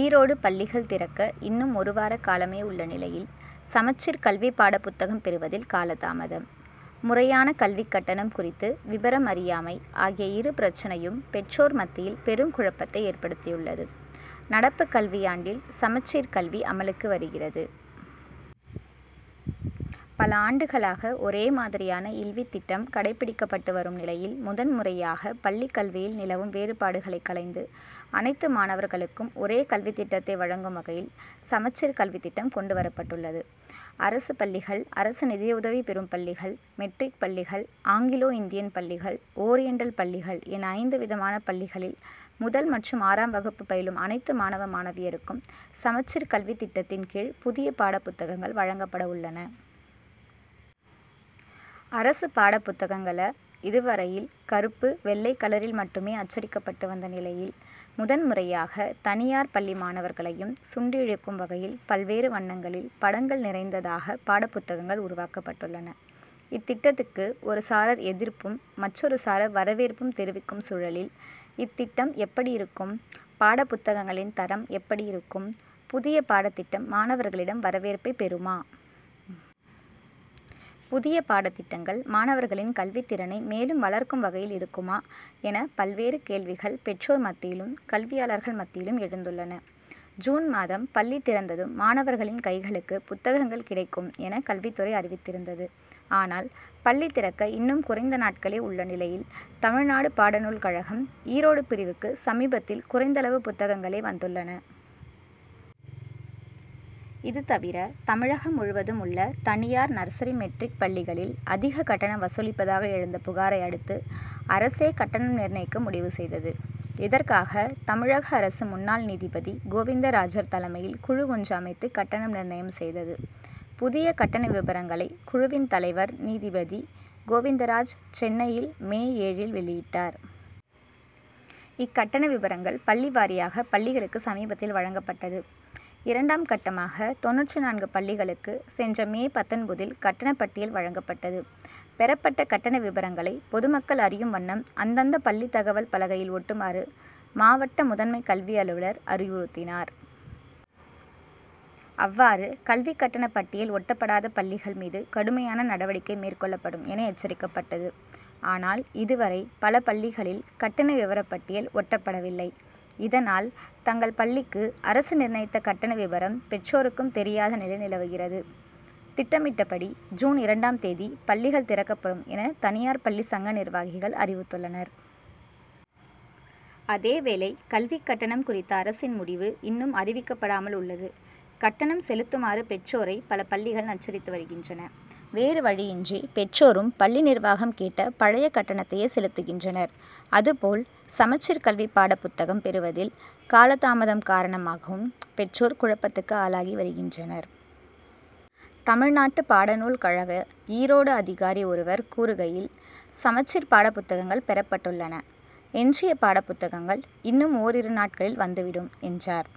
ஈரோடு பள்ளிகள் திறக்க இன்னும் ஒருவார காலமே உள்ள நிலையில் சமச்சீர் கல்வி பாடப்புத்தகம் பெறுவதில் காலதாமதம், முறையான கல்விக் கட்டணம் குறித்து விபரம் அறியாமை ஆகிய இரு பிரச்சனையும் பெற்றோர் மத்தியில் பெரும் குழப்பத்தை ஏற்படுத்தியுள்ளது. நடப்பு கல்வியாண்டில் சமச்சீர் கல்வி அமலுக்கு வருகிறது. பல ஆண்டுகளாக ஒரே மாதிரியான ல்வித்திட்டம் கடைபிடிக்கப்பட்டு வரும் நிலையில், முதன் முறையாக பள்ளிக் கல்வியில் நிலவும் வேறுபாடுகளை களைந்து, அனைத்து மாணவர்களுக்கும் ஒரே கல்வித்திட்டத்தை வழங்கும் வகையில், சமச்சீர் கல்வித்திட்டம் கொண்டு வரப்பட்டுள்ளது. அரசு பள்ளிகள், அரசு நிதியுதவி பெறும் பள்ளிகள், மெட்ரிக் பள்ளிகள், ஆங்கிலோ இந்தியன் பள்ளிகள், ஓரியண்டல் பள்ளிகள் என ஐந்து விதமான பள்ளிகளில் முதல் மற்றும் ஆறாம் வகுப்பு பயிலும் அனைத்து மாணவ, மாணவியருக்கும், சமச்சீர் கல்வி திட்டத்தின் கீழ் புதிய பாடப்புத்தகங்கள் வழங்கப்பட உள்ளன. அரசு பாடப்புத்தகங்கள இதுவரையில் கறுப்பு, வெள்ளை கலரில் மட்டுமே அச்சடிக்கப்பட்டு வந்த நிலையில், முதன் முறையாக தனியார் பள்ளி மாணவர்களையும் சுண்டியிழுக்கும் வகையில், பல்வேறு வண்ணங்களில் படங்கள் நிறைந்ததாக பாடப்புத்தகங்கள் உருவாக்கப்பட்டுள்ளன. இத்திட்டத்துக்கு ஒரு சாரார் எதிர்ப்பும், மற்றொரு சாரார் வரவேற்பும் தெரிவிக்கும் சூழலில், இத்திட்டம் எப்படியிருக்கும், பாடப்புத்தகங்களின் தரம் எப்படி இருக்கும், புதிய பாடத்திட்டம் மாணவர்களிடம் வரவேற்பை பெறுமா? புதிய பாடத்திட்டங்கள் மாணவர்களின் கல்வித்திறனை மேலும் வளர்க்கும் வகையில் இருக்குமா? என பல்வேறு கேள்விகள் பெற்றோர் மத்தியிலும், கல்வியாளர்கள் மத்தியிலும் எழுந்துள்ளன. ஜூன் மாதம் பள்ளி திறந்ததும் மாணவர்களின் கைகளுக்கு புத்தகங்கள் கிடைக்கும் என கல்வித்துறை அறிவித்திருந்தது. ஆனால், பள்ளி திறக்க இன்னும் குறைந்த நாட்களே உள்ள நிலையில் தமிழ்நாடு பாடநூல் கழகம் ஈரோடு பிரிவுக்கு சமீபத்தில் குறைந்தளவு புத்தகங்களே வந்துள்ளன. இதுதவிர, தமிழகம் முழுவதும் உள்ள தனியார், நர்ஸரி, மெட்ரிக் பள்ளிகளில் அதிக கட்டணம் வசூலிப்பதாக எழுந்த புகாரை அடுத்து, அரசே கட்டணம் நிர்ணயிக்க முடிவு செய்தது. இதற்காக தமிழக அரசு முன்னாள் நீதிபதி கோவிந்தராஜர் தலைமையில் குழு ஒன்று அமைத்து கட்டணம் நிர்ணயம் செய்தது. புதிய கட்டண விபரங்களை, குழுவின் தலைவர் நீதிபதி கோவிந்தராஜர் சென்னையில் மே ஏழில் வெளியிட்டார். இக்கட்டண விபரங்கள் பள்ளி வாரியாக பள்ளிகளுக்கு சமீபத்தில் வழங்கப்பட்டது. இரண்டாம் கட்டமாக தொண்ணூற்று நான்கு பள்ளிகளுக்கு சென்ற மே பத்தொன்பதில் கட்டண பட்டியல் வழங்கப்பட்டது. பெறப்பட்ட கட்டண விபரங்களை பொதுமக்கள் அறியும் வண்ணம் அந்தந்த பள்ளி தகவல் பலகையில் ஒட்டுமாறு மாவட்ட முதன்மை கல்வி அலுவலர் அறிவுறுத்தினார். அவ்வாறு கல்வி கட்டண பட்டியல் ஒட்டாத பள்ளிகள் மீது கடுமையாக நடவடிக்கை மேற்கொள்ளப்படும் என எச்சரிக்கப்பட்டது. ஆனால், இதுவரை பல பள்ளிகளில் கட்டண விபரப்பட்டியல் ஒட்டப்படவில்லை. இதனால், தங்கள் பள்ளிக்கு அரசு நிர்ணயித்த கட்டண விபரம் பெற்றோருக்கும் தெரியாத நிலை நிலவுகிறது. திட்டமிட்டபடி ஜூன் இரண்டாம் தேதி பள்ளிகள் திறக்கப்படும் என தனியார் பள்ளி சங்க நிர்வாகிகள் அறிவித்துள்ளனர். அதேவேளை கல்விக் கட்டணம் குறித்த அரசின் முடிவு இன்னும் அறிவிக்கப்படாமல் உள்ளது. கட்டணம் செலுத்துமாறு பெற்றோரை பல பள்ளிகள் நச்சரித்து வருகின்றன. வேறு வழியின்றி பெற்றோரும் பள்ளி நிர்வாகம் கேட்ட பழைய கட்டணத்தையே செலுத்துகின்றனர். அதுபோல் சமச்சீர் கல்வி பாடப்புத்தகம் பெறுவதில் காலதாமதம் காரணமாகவும் பெற்றோர் குழப்பத்துக்கு ஆளாகி வருகின்றனர். தமிழ்நாடு பாடநூல் கழக ஈரோடு அதிகாரி ஒருவர் கூறுகையில், சமச்சீர் பாடப்புத்தகங்கள் பெறப்பட்டுள்ளன. எஞ்சியுள்ள பாடப்புத்தகங்கள் இன்னும் ஓரிரு நாட்களில் வந்துவிடும், என்றார்.